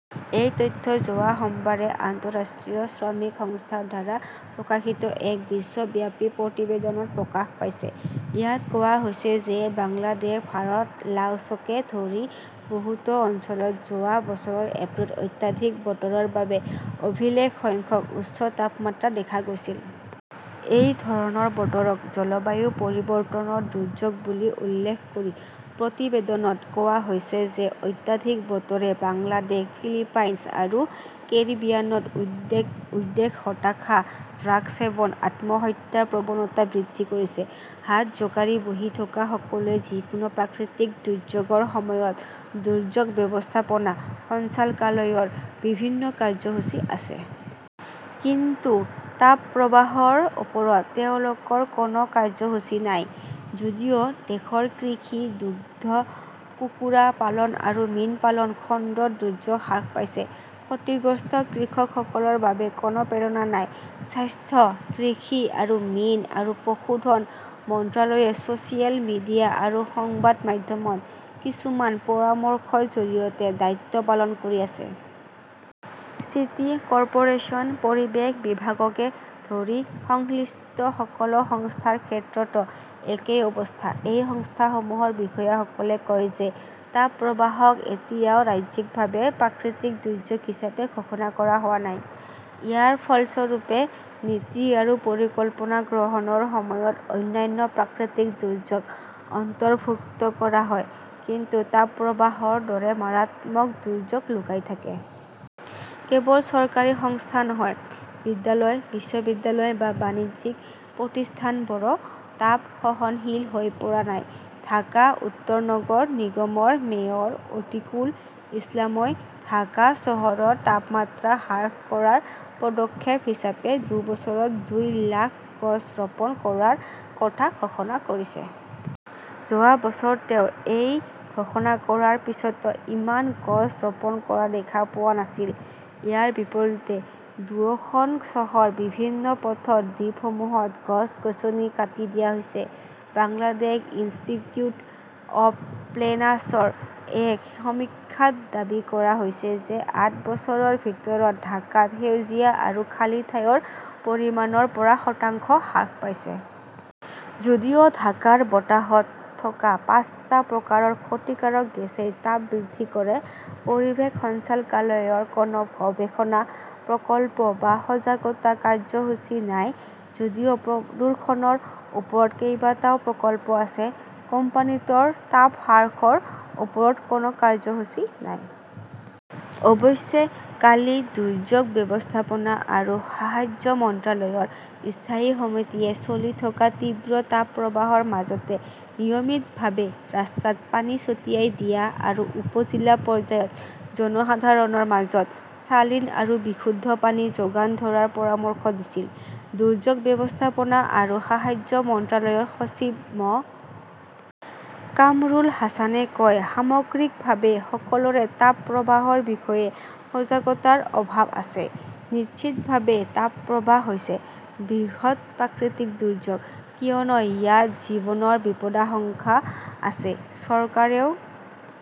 এই তথ্য যোৱা সোমবাৰে আন্তঃৰাষ্ট্ৰীয় শ্ৰমিক সংস্থা ৰ দ্বাৰা প্ৰকাশিত এক বিশ্বব্যাপী প্ৰতিবেদনত প্ৰকাশ পাইছে। ইয়াত কোৱা হৈছে যে বাংলাদেশ, ভাৰত, লাওছকে ধৰি বহুতো অঞ্চলত যোৱা বছৰৰ এপ্ৰিলত অত্যাধিক বতৰৰ বাবে অভিলেখ সংখ্যক উচ্চ তাপমাত্ৰা দেখা গৈছিল। এই ধৰণৰ বতৰক জলবায়ু পৰিৱৰ্তনৰ দুৰ্যোগ বুলি উল্লেখ কৰি প্ৰতিবেদনত কোৱা হৈছে যে অত্যাধিক বতৰে বাংলাদেশ, ফিলিপাইনছ আৰু কেৰিবিয়ানত উদ্বেগ, উদ্বেগ, হতাশা, ড্ৰাগছ সেৱন, আত্মহত্যাৰ প্ৰৱণতা বৃদ্ধি কৰিছে। হাত জোকাৰি বহি থকা সকলোৱে যিকোনো প্ৰাকৃতিক দুৰ্যোগৰ সময়ত দুৰ্যোগ ব্যৱস্থাপনা সঞ্চালকালয়ৰ বিভিন্ন কাৰ্যসূচী আছে। কিন্তু তাপপ্ৰবাহৰ ওপৰত তেওঁলোকৰ কোনো কাৰ্যসূচী নাই। যদিও দেশৰ কৃষি, দুগ্ধ, কুকুৰা পালন আৰু মীন পালন খণ্ডৰ দুৰ্যোগ হ্ৰাস পাইছে, ক্ষতিগ্ৰস্ত কৃষকসকলৰ বাবে কোনো প্ৰেৰণা নাই। স্বাস্থ্য, কৃষি আৰু মীন আৰু পশুধন মন্ত্ৰালয়ে ছ "চিয়েল মিডিয়া আৰু সংবাদ মাধ্যমত কিছুমান পৰামৰ্শৰ জৰিয়তে দায়িত্ব পালন কৰি আছে। চিটি কৰ্পোৰেচন, পৰিৱেশ বিভাগকে ধৰি সংশ্লিষ্ট সকলো সংস্থাৰ ক্ষেত্ৰতো একেই অৱস্থা। এই সংস্থাসমূহৰ বিষয়াসকলে কয় যে তাপপ্ৰবাহক এতিয়াও ৰাজ্যিকভাৱে প্ৰাকৃতিক দুৰ্যোগ হিচাপে ঘোষণা কৰা হোৱা নাই। ইয়াৰ ফলস্বৰূপে নীতি আৰু পৰিকল্পনা গ্ৰহণৰ সময়ত অন্যান্য প্ৰাকৃতিক দুৰ্যোগ অন্তৰ্ভুক্ত কৰা হয়, কিন্তু তাপপ্ৰবাহৰ দৰে মাৰাত্মক দুৰ্যোগ লুকাই থাকে। কেৱল চৰকাৰী সংস্থা নহয়, বিদ্যালয়-বিশ্ববিদ্যালয় বা বাণিজ্যিক প্ৰতিষ্ঠানবোৰো তাপ-সহনশীল হৈ পৰা নাই। ঢাকা উত্তৰ নগৰ নিগমৰ মেয়ৰ অতীকুল ইছলামই ঢাকা চহৰৰ তাপমাত্ৰা হ্ৰাস কৰাৰ পদক্ষেপ হিচাপে দুবছৰত দুই লাখ গছ ৰোপণ কৰাৰ কথা ঘোষণা কৰিছে। যোৱা বছৰ তেওঁ এই ঘোষণা কৰাৰ পিছতো ইমান গছ ৰোপণ কৰা দেখা পোৱা নাছিল। ইয়াৰ বিপৰীতে দুয়োখন চহৰৰ বিভিন্ন পথৰ দ্বীপসমূহত গছ-গছনি কাটি দিয়া হৈছে। বাংলাদেশ ইনষ্টিটিউট অৱ প্লেনাৰ্ছৰ এক সমীক্ষাত দাবী কৰা হৈছে যে আঠ বছৰৰ ভিতৰত ঢাকাত সেউজীয়া আৰু খালী ঠাইৰ পৰিমাণ ৰ পৰা শতাংশ হ্ৰাস পাইছে। যদিও ঢাকাৰ বতাহত থকা পাঁচটা প্ৰকাৰৰ ক্ষতিকাৰক গেছই তাপ বৃদ্ধি কৰে, পৰিৱেশ সঞ্চালকালয়ৰ কোনো গৱেষণা, প্ৰকল্প বা সজাগতা কাৰ্যসূচী নাই। যদিও প্ৰদূষণৰ ওপৰত কেইবাটাও প্ৰকল্প আছে, কোম্পানীটোৰ তাপ হ্ৰাসৰ ওপৰত কোনো কাৰ্যসূচী নাই। অৱশ্যে, কালি দুৰ্যোগ ব্যৱস্থাপনা আৰু সাহায্য মন্ত্ৰালয়ৰ স্থায়ী সমিতিয়ে চলি থকা তীব্ৰ তাপপ্ৰবাহৰ মাজতে নিয়মিতভাৱে ৰাস্তাত পানী ছটিয়াই দিয়া আৰু উপ-জিলা পৰ্যায়ত জনসাধাৰণৰ মাজত চালিন আৰু বিশুদ্ধ পানী যোগান ধৰাৰ পৰামৰ্শ দিছিল। দুৰ্যোগ ব্যৱস্থাপনা আৰু সাহায্য মন্ত্ৰালয়ৰ সচিব মো. কামৰুল হাছানে কয়, "সামগ্ৰিকভাৱে সকলোৰে তাপপ্ৰবাহৰ বিষয়ে সজাগতাৰ অভাৱ আছে। নিশ্চিতভাৱে তাপপ্ৰবাহ হৈছে বৃহৎ প্ৰাকৃতিক দুৰ্যোগ। কিয়নো, ইয়াত জীৱনৰ বিপদাশংকা আছে। চৰকাৰেও